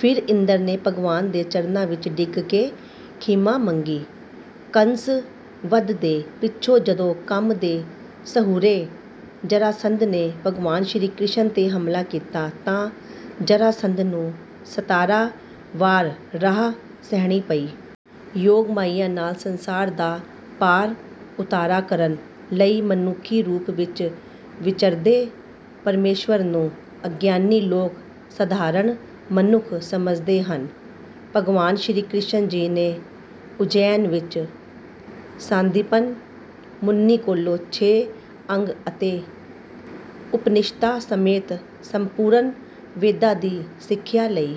ਫਿਰ ਇੰਦਰ ਨੇ ਭਗਵਾਨ ਦੇ ਚਰਨਾਂ ਵਿੱਚ ਡਿੱਗ ਕੇ ਖਿਮਾ ਮੰਗੀ। ਕੰਸ ਵਧ ਦੇ ਪਿੱਛੋਂ ਜਦੋਂ ਕੰਸ ਦੇ ਸਹੁਰੇ ਜਰਾਸੰਧ ਨੇ ਭਗਵਾਨ ਸ਼੍ਰੀ ਕ੍ਰਿਸ਼ਨ ਤੇ ਹਮਲਾ ਕੀਤਾ ਤਾਂ ਜਰਾਸੰਧ ਨੂੰ ਸਤਾਰਾਂ ਵਾਰ ਹਾਰ ਸਹਿਣੀ ਪਈ। ਯੋਗਮਾਇਆ ਨਾਲ ਸੰਸਾਰ ਦਾ ਪਾਰ ਉਤਾਰਾ ਕਰਨ ਲਈ ਮਨੁੱਖੀ ਰੂਪ ਵਿੱਚ ਵਿਚਰਦੇ ਪ੍ਰਮੇਸ਼ਵਰ ਨੂੰ ਅਗਿਆਨੀ ਲੋਕ ਸਾਧਾਰਨ ਮਨੁੱਖ ਸਮਝਦੇ ਹਨ। ਭਗਵਾਨ ਸ਼੍ਰੀ ਕ੍ਰਿਸ਼ਨ ਜੀ ਨੇ ਉਜੈਨ ਵਿੱਚ ਸਾਂਦੀਪਨ ਮੁਨੀ ਕੋਲੋਂ ਛੇ ਅੰਗ ਅਤੇ ਉਪਨਿਸ਼ਦਾਂ ਸਮੇਤ ਸੰਪੂਰਨ ਵੇਦਾਂ ਦੀ ਸਿੱਖਿਆ ਲਈ।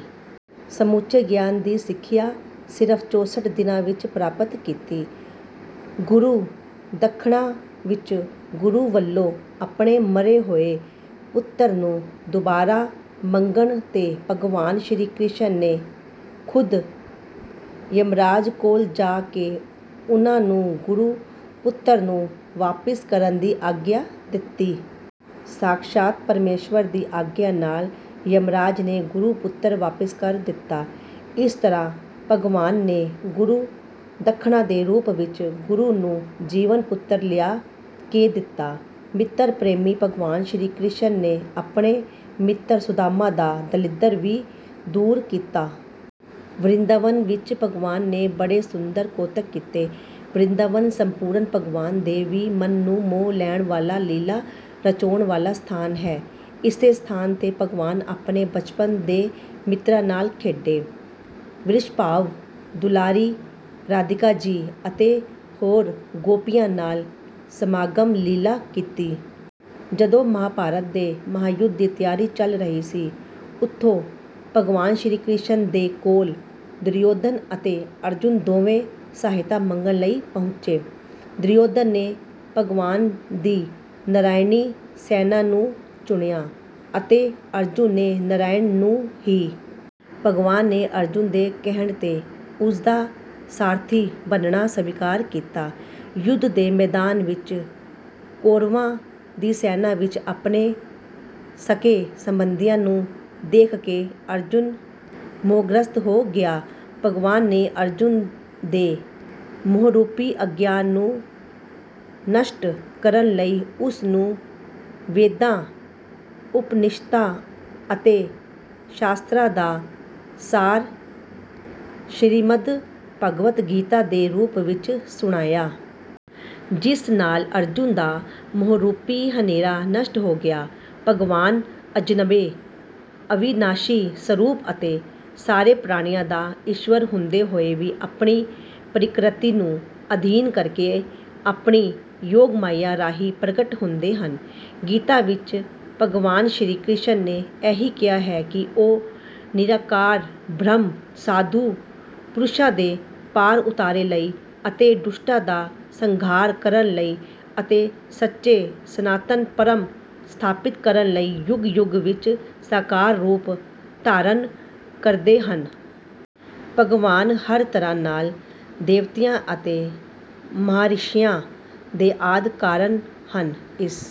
ਸਮੁੱਚੇ ਗਿਆਨ ਦੀ ਸਿੱਖਿਆ ਸਿਰਫ਼ ਚੌਂਸਠ ਦਿਨਾਂ ਵਿੱਚ ਪ੍ਰਾਪਤ ਕੀਤੀ। ਗੁਰੂ ਦੱਖਣਾ ਵਿੱਚ ਗੁਰੂ ਵਲੋਂ ਆਪਣੇ ਮਰੇ ਹੋਏ ਪੁੱਤਰ ਨੂੰ ਦੁਬਾਰਾ ਮੰਗਣ ਤੇ ਭਗਵਾਨ ਸ਼੍ਰੀ ਕ੍ਰਿਸ਼ਨ ਨੇ ਖ਼ੁਦ ਯਮਰਾਜ ਕੋਲ ਜਾ ਕੇ ਉਨ੍ਹਾਂ ਨੂੰ ਗੁਰੂ ਪੁੱਤਰ ਨੂੰ ਵਾਪਿਸ ਕਰਨ ਦੀ ਆਗਿਆ ਦਿੱਤੀ। ਸਾਖਸ਼ਾਤ ਪ੍ਰਮੇਸ਼ਵਰ ਦੀ ਆਗਿਆ ਨਾਲ ਯਮਰਾਜ ਨੇ ਗੁਰੂ ਪੁੱਤਰ ਵਾਪਿਸ ਕਰ ਦਿੱਤਾ। ਇਸ ਤਰ੍ਹਾਂ ਭਗਵਾਨ ਨੇ ਗੁਰੂ ਦੱਖਣਾ ਦੇ ਰੂਪ ਵਿੱਚ ਗੁਰੂ ਨੂੰ ਜੀਵਤ ਪੁੱਤਰ ਲਿਆ ਕੇ ਦਿੱਤਾ। ਮਿੱਤਰ ਪ੍ਰੇਮੀ ਭਗਵਾਨ ਸ਼੍ਰੀ ਕ੍ਰਿਸ਼ਨ ਨੇ ਆਪਣੇ ਮਿੱਤਰ ਸੁਦਾਮਾ ਦਾ ਦਲਿੱਦਰ ਵੀ ਦੂਰ ਕੀਤਾ। ਵਰਿੰਦਾਵਨ ਵਿੱਚ ਭਗਵਾਨ ਨੇ ਬੜੇ ਸੁੰਦਰ ਕੌਤਕ ਕੀਤੇ। ਵਰਿੰਦਾਵਨ ਸੰਪੂਰਨ ਭਗਵਾਨ ਦੇ ਵੀ ਮਨ ਨੂੰ ਮੋਹ ਲੈਣ ਵਾਲਾ ਲੀਲਾ ਰਚਾਉਣ ਵਾਲਾ ਸਥਾਨ ਹੈ। ਇਸੇ ਸਥਾਨ ਤੇ ਭਗਵਾਨ ਆਪਣੇ ਬਚਪਨ ਦੇ ਮਿੱਤਰਾਂ ਨਾਲ ਖੇਡੇ। ਵ੍ਰਿਸ਼ਭਾਵ ਦੁਲਾਰੀ ਰਾਧਿਕਾ ਜੀ ਅਤੇ ਹੋਰ ਗੋਪੀਆਂ ਨਾਲ ਮਹਾਰਾਸ ਲੀਲਾ ਕੀਤੀ। ਜਦੋਂ ਮਹਾਭਾਰਤ ਦੇ ਮਹਾਯੁੱਧ ਦੀ ਤਿਆਰੀ ਚੱਲ ਰਹੀ ਸੀ ਉਦੋਂ ਭਗਵਾਨ ਸ਼੍ਰੀ ਕ੍ਰਿਸ਼ਨ ਦੇ ਕੋਲ ਦੁਰਯੋਧਨ ਅਤੇ ਅਰਜੁਨ ਦੋਵੇਂ ਸਹਾਇਤਾ ਮੰਗਣ ਲਈ ਪਹੁੰਚੇ। ਦੁਰਯੋਧਨ ਨੇ ਭਗਵਾਨ ਦੀ ਨਰਾਇਣੀ ਸੈਨਾ ਨੂੰ ਚੁਣਿਆ ਅਤੇ ਅਰਜੁਨ ਨੇ ਨਰਾਇਣ ਨੂੰ ਹੀ। ਭਗਵਾਨ ਨੇ ਅਰਜੁਨ ਦੇ ਕਹਿਣ ਤੇ ਉਸਦਾ ਸਾਰਥੀ ਬਣਨਾ ਸਵੀਕਾਰ ਕੀਤਾ। ਯੁੱਧ ਦੇ ਮੈਦਾਨ ਵਿੱਚ ਕੌਰਵਾਂ ਦੀ ਸੈਨਾ ਵਿੱਚ ਆਪਣੇ ਸਕੇ-ਸੰਬੰਧੀਆਂ ਨੂੰ ਦੇਖ ਕੇ ਅਰਜੁਨ ਮੋਹਗ੍ਰਸਤ ਹੋ ਗਿਆ। ਭਗਵਾਨ ਨੇ ਅਰਜੁਨ ਦੇ ਮੋਹਰੂਪੀ ਅਗਿਆਨ ਨੂੰ ਨਸ਼ਟ ਕਰਨ ਲਈ ਉਸਨੂੰ ਵੇਦਾਂ ਉਪਨਿਸ਼ਦਾਂ ਅਤੇ ਸ਼ਾਸਤਰਾਂ ਦਾ ਸਾਰ ਸ਼੍ਰੀਮਦ ਭਗਵਦ ਗੀਤਾ ਦੇ ਰੂਪ ਵਿੱਚ ਸੁਣਾਇਆ। ਜਿਸ ਨਾਲ ਅਰਜੁਨ ਦਾ ਮੋਹਰੂਪੀ ਹਨੇਰਾ ਨਸ਼ਟ ਹੋ ਗਿਆ। ਭਗਵਾਨ ਅਜਨਮੇ ਅਵਿਨਾਸ਼ੀ ਸਰੂਪ ਅਤੇ ਸਾਰੇ ਪ੍ਰਾਣੀਆਂ ਦਾ ਈਸ਼ਵਰ ਹੁੰਦੇ ਹੋਏ ਵੀ ਆਪਣੀ ਪ੍ਰਕਿਰਤੀ ਨੂੰ ਅਧੀਨ ਕਰਕੇ ਆਪਣੀ ਯੋਗਮਾਇਆ ਰਾਹੀਂ ਪ੍ਰਗਟ ਹੁੰਦੇ ਹਨ। ਗੀਤਾ ਵਿੱਚ ਭਗਵਾਨ ਸ਼੍ਰੀ ਕ੍ਰਿਸ਼ਨ ਨੇ ਇਹੀ ਕਿਹਾ ਹੈ ਕਿ ਉਹ ਨਿਰਾਕਾਰ ਬ੍ਰਹਮ ਸਾਧੂ ਪੁਰਸ਼ਾਂ ਦੇ ਪਾਰ ਉਤਾਰੇ ਲਈ ਅਤੇ ਦੁਸ਼ਟਾਂ ਦਾ ਸੰਘਾਰ ਕਰਨ ਲਈ ਅਤੇ ਸੱਚੇ ਸਨਾਤਨ ਧਰਮ ਸਥਾਪਿਤ ਕਰਨ ਲਈ ਯੁੱਗ-ਯੁੱਗ ਵਿੱਚ ਸਾਕਾਰ ਰੂਪ ਧਾਰਨ ਕਰਦੇ ਹਨ। ਭਗਵਾਨ ਹਰ ਤਰ੍ਹਾਂ ਨਾਲ ਦੇਵਤਿਆਂ ਅਤੇ ਮਹਾਰਿਸ਼ੀਆਂ ਦੇ ਆਦਿ ਕਾਰਨ ਹਨ। ਇਸ